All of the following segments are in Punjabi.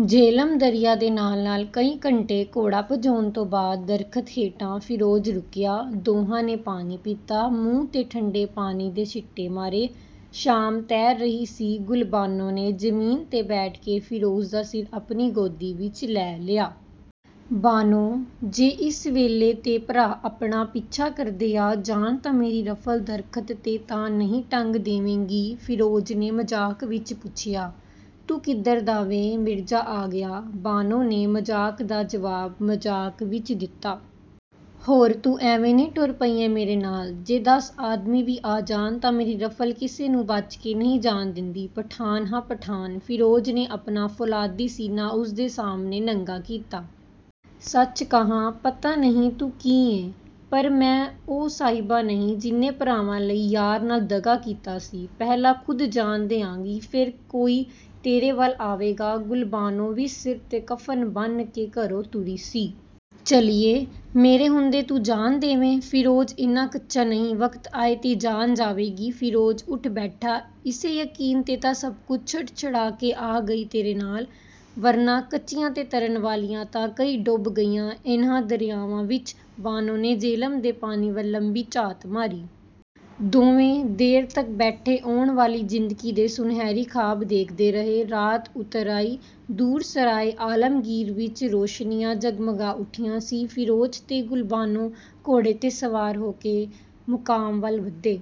ਜੇਹਲਮ ਦਰਿਆ ਦੇ ਨਾਲ ਨਾਲ ਕਈ ਘੰਟੇ ਘੋੜਾ ਭਜਾਉਣ ਤੋਂ ਬਾਅਦ ਦਰੱਖਤ ਹੇਠਾਂ ਫਿਰੋਜ਼ ਰੁਕਿਆ। ਦੋਹਾਂ ਨੇ ਪਾਣੀ ਪੀਤਾ, ਮੂੰਹ ਤੇ ਠੰਡੇ ਪਾਣੀ ਦੇ ਸਿੱਟੇ ਮਾਰੇ। ਸ਼ਾਮ ਤੈਰ ਰਹੀ ਸੀ, ਗੁਲਬਾਨੋ ਨੇ ਜ਼ਮੀਨ ਤੇ ਬੈਠ ਕੇ ਫਿਰੋਜ਼ ਦਾ ਸਿਰ ਆਪਣੀ ਗੋਦੀ ਵਿਚ ਲੈ ਲਿਆ। ਬਾਨੋ… ਜੇ ਇਸ ਵੇਲੇ ਤੇ ਭਰਾ ਆਪਣਾ ਪਿੱਛਾ ਕਰਦੇ ਆ ਜਾਣ ਤਾਂ ਮੇਰੀ ਰਫ਼ਲ ਦਰੱਖਤ ਤੇ ਤਾਂ ਨਹੀ ਟੰਗ ਦੇਵੇਗੀ…! ਫਿਰੋਜ਼ ਨੇ ਮਜ਼ਾਕ ਵਿੱਚ ਪੁੱਛਿਆ। "ਤੂੰ ਕਿੱਧਰ ਦਾ ਵੇ ਮਿਰਜ਼ਾ ਆ ਗਿਆ..! ਬਾਨੋ ਨੇ ਮਜ਼ਾਕ ਦਾ ਜਵਾਬ ਮਜ਼ਾਕ ਵਿੱਚ ਦਿਤਾ। ਹੋਰ ਤੂੰ ਐਵੇਂ ਨੀ ਟੁਰ ਪਈ ਏਂ ਮੇਰੇ ਨਾਲ..! ਜੇ ਦਸ ਆਦਮੀ ਵੀ ਆ ਜਾਣ, ਤਾਂ ਮੇਰੀ ਰਫ਼ਲ ਕਿਸੇ ਨੂੰ ਬੱਚ ਕੇ ਨਹੀ ਜਾਣ ਦਿੰਦੀ… ਪਠਾਣ ਹਾਂ ਪਠਾਣ… ਫਿਰੋਜ਼ ਨੇ ਆਪਣਾ ਫੌਲਾਦੀ ਸੀਨਾ ਉਸ ਦੇ ਸਾਹਮਣੇ ਨੰਗਾ ਕੀਤਾ। "ਸੱਚ ਕਹਾਂ ਪਤਾ ਨਹੀਂ ਤੂੰ ਕੀ ਏਂ! ਪਰ ਮੈਂ ਉਹ ਸਹਿਬਾਂ ਨਹੀ, ਜਿਹਨੇ ਭਰਾਵਾਂ ਲਈ ਯਾਰ ਨਾਲ ਦਗਾ ਕੀਤਾ ਸੀ। ਪਹਿਲਾ ਖੁੱਦ ਜਾਨ ਦਿਆਂਗੀ, ਫੇਰ ਕੋਈ ਤੇਰੇ ਵੱਲ ਆਵੇਗਾ…. ਗੁਲਬਾਨੋ ਵੀ ਸਿਰ ਤੇ ਕਫਨ ਬੰਨ੍ਹ ਕੇ ਘਰੋ ਤੁਰੀ ਸੀ। ਝੱਲੀਏ… ਮੇਰੇ ਹੁੰਦੇ ਤੂੰ ਜਾਨ ਦੇਵੇ…! ਫਿਰੋਜ਼ ਇੰਨ੍ਹਾਂ ਕੱਚਾ ਨਹੀ.. ਵਕਤ ਆਏ ਤੇ ਜਾਣ ਜਾਵੇਗੀ.. ਫਿਰੋਜ਼ ਉਠ ਬੈਠਾ। "ਇਸੇ ਯਕੀਨ ਤੇ ਤਾਂ ਸਭ ਕੁਛ ਛੱਡ-ਛਡਾ ਕੇ ਆ ਗਈ ਤੇਰੇ ਨਾਲ। ਵਰਨਾ ਕੱਚਿਆ ਤੇ ਤਰਨ ਵਾਲੀਆਂ ਤਾਂ ਕਈ ਡੁੱਬ ਗਈਆਂ ਇੰਨ੍ਹਾਂ ਦਰਿਆਵਾਂ ਵਿੱਚ… ਬਾਨੋ ਨੇ ਜੇਹਲਮ ਦੇ ਪਾਣੀ ਵੱਲ ਲੰਮੀ ਝਾਤ ਮਾਰੀ। ਦੋਵੇ ਦੇਰ ਤੱਕ ਬੈਠੇ ਆਉਣ ਵਾਲੀ ਜ਼ਿੰਦਗੀ ਦੇ ਸੁਨਹਿਰੀ ਖ਼ਾਬ ਦੇਖਦੇ ਰਹੇ। ਰਾਤ ਉਤਰ ਆਈ, ਦੂਰ 'ਸਰਾਏ ਆਲਮਗੀਰ' ਵਿੱਚ ਰੋਸ਼ਨੀਆਂ ਜਗਮਗਾ ਉਠੀਆ ਸੀ। ਫਿਰੋਜ਼ ਤੇ ਗੁਲਬਾਨੋ ਘੋੜੇ ਤੇ ਸਵਾਰ ਹੋ ਕੇ ਮੁਕਾਮ ਵੱਲ ਵਧੇ।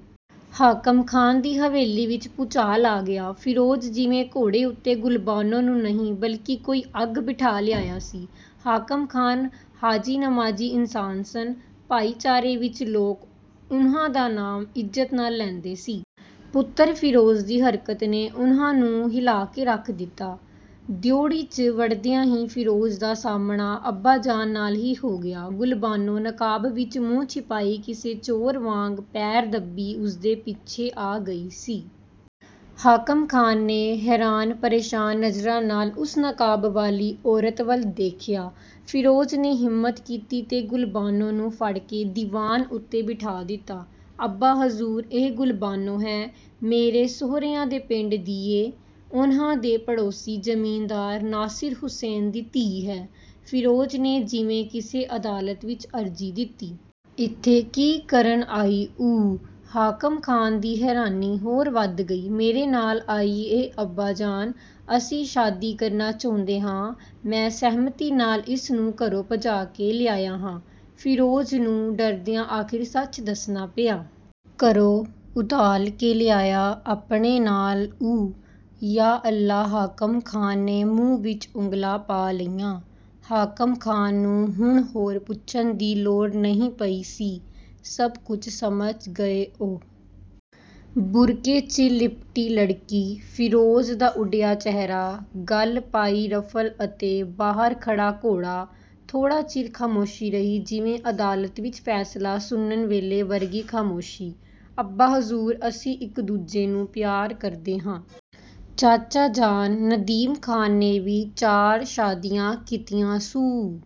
"ਹਾਕਮ ਖ਼ਾਨ ਦੀ ਹਵੇਲੀ ਵਿੱਚ ਭੁਚਾਲ ਆ ਗਿਆ। ਫਿਰੋਜ਼ ਜਿਵੇਂ ਘੋੜੇ ਉਤੇ ਗੁਲਬਾਨੋ ਨੂੰ ਨਹੀ ਬਲਕਿ ਕੋਈ ਅੱਗ ਬਿਠਾ ਲਿਆਇਆਂ ਸੀ। ਹਾਕਮ ਖ਼ਾਨ 'ਹਾਜੀ-ਨਮਾਜ਼ੀ' ਇਨਸਾਨ ਸਨ। ਭਾਈਚਾਰੇ ਵਿੱਚ ਲੋਕ ਉਨ੍ਹਾਂ ਦਾ ਨਾਮ ਇਜ਼ਤ ਨਾਲ ਲੈਦੇਂ ਸੀ। ਪੁੱਤਰ ਫਿਰੋਜ਼ ਦੀ ਹਰਕਤ ਨੇ ਉਨ੍ਹਾਂ ਨੂੰ ਹਿਲਾ ਕੇ ਰੱਖ ਦਿਤਾ। ਡਿਉਢੀ, ਚ' ਵੜਦਿਆਂ ਹੀ ਫਿਰੋਜ਼ ਦਾ ਸਾਹਮਣਾ ਅੱਬਾਜਾਨ ਨਾਲ ਹੀ ਹੋ ਗਿਆ। ਗੁਲਬਾਨੋ ਨਕਾਬ ਵਿੱਚ ਮੂੰਹ ਛੁਪਾਈ ਕਿਸੇ ਚੋਰ ਵਾਂਗ ਪੈਰ ਦੱਬੀ ਉਸਦੇ ਪਿੱਛੇ ਆ ਗਈ ਸੀ। ਹਾਕਮ ਖਾਨ ਨੇ ਹੈਰਾਨ ਪਰੇਸ਼ਾਨ ਨਜ਼ਰਾਂ ਨਾਲ ਉਸ ਨਕਾਬ ਵਾਲੀ ਔਰਤ ਵੱਲ ਦੇਖਿਆ। ਫਿਰੋਜ਼ ਨੇ ਹਿੰਮਤ ਕੀਤੀ ਤੇ ਗੁਲਬਾਨੋ ਨੂੰ ਫੜਕੇ ਦੀਵਾਨ ਉਤੇ ਬਿਠਾ ਦਿਤਾ। "ਅੱਬਾ ਹਜ਼ੂਰ… ਇਹ ਗੁਲਬਾਨੋ ਹੈ, ਮੇਰੇ ਸਹੁਰਿਆਂ ਦੇ ਪਿੰਡ ਦੀ ਏਂ, ਉਨ੍ਹਾਂ ਦੇ ਪੜੋਸੀ ਜ਼ਮੀਨਦਾਰ ਨਾਸਿਰ ਹੁਸੈਨ ਦੀ ਧੀ ਹੈ"… ਫਿਰੋਜ਼ ਨੇ ਜਿਵੇਂ ਕਿਸੇ ਅਦਾਲਤ ਵਿੱਚ ਅਰਜ਼ੀ ਦਿਤੀ। "ਇਥੇ ਕੀ ਕਰਨ ਆਈ ਊ….! ਹਾਕਮ ਖਾਨ ਦੀ ਹੈਰਾਨੀ ਹੋਰ ਵੱਧ ਗਈ… "ਮੇਰੇ ਨਾਲ ਆਈ ਏ ਅੱਬਾ ਜਾਨ, ਅਸੀ ਸ਼ਾਦੀ ਕਰਨਾ ਚਹੁੰਦੇ ਹਾਂ। ਮੈਂ ਸਹਿਮਤੀ ਨਾਲ ਇਸ ਨੂੰ ਘਰੋ ਭਜਾ ਕੇ ਲਿਆਇਆ ਹਾਂ… ਫਿਰੋਜ਼ ਨੂੰ ਡਰਦਿਆ ਆਖਿਰ ਸੱਚ ਦੱਸਣਾ ਪਿਆ…. ਘਰੋ ਉਧਾਲ ਕੇ ਲਿਆਇਆ ਆਪਣੇ ਨਾਲ ਊ…! ਯਾਹ ਅੱਲਾਹ ਹਾਕਮ ਖਾਨ ਨੇ ਮੂੰਹ ਵਿੱਚ ਉਗਲਾਂ ਪਾ ਲਈਆ। ਹਾਕਮ ਖਾਨ ਨੂੰ ਹੁਣ ਹੋਰ ਪੁੱਛਣ ਦੀ ਲੋੜ ਨਹੀ ਪਈ ਸੀ। ਸਭ ਕੁਝ ਸਮਝ ਗਏ ਉਹ। ਬੁਰਕੇ, ਚ' ਲਿਪਟੀ ਲੜਕੀ, ਫਿਰੋਜ਼ ਦਾ ਉਡਿਆ ਚਿਹਰਾ, ਗਲ ਪਾਈ ਰਫਲ ਅਤੇ ਬਾਹਰ ਖੜ੍ਹਾ ਘੋੜਾ। ਥੋੜ੍ਹਾ ਚਿਰ ਖਾਮੋਸ਼ੀ ਰਹੀ, ਜਿਵੇਂ ਅਦਾਲਤ ਵਿੱਚ ਫੈਸਲਾ ਸੁਨਣ ਵੇਲੇ ਵਰਗੀ ਖਾਮੋਸ਼ੀ। "ਅੱਬਾ ਹਜ਼ੂਰ"ਅਸੀ ਇੱਕ ਦੂਜੇ ਨੂੰ ਪਿਆਰ ਕਰਦੇ ਹਾਂ। ਚਾਚਾ ਜਾਨ ਨਦੀਮ ਖ਼ਾਨ ਨੇ ਵੀ ਚਾਰ ਸ਼ਾਦੀਆ ਕੀਤੀਆ ਸੂ।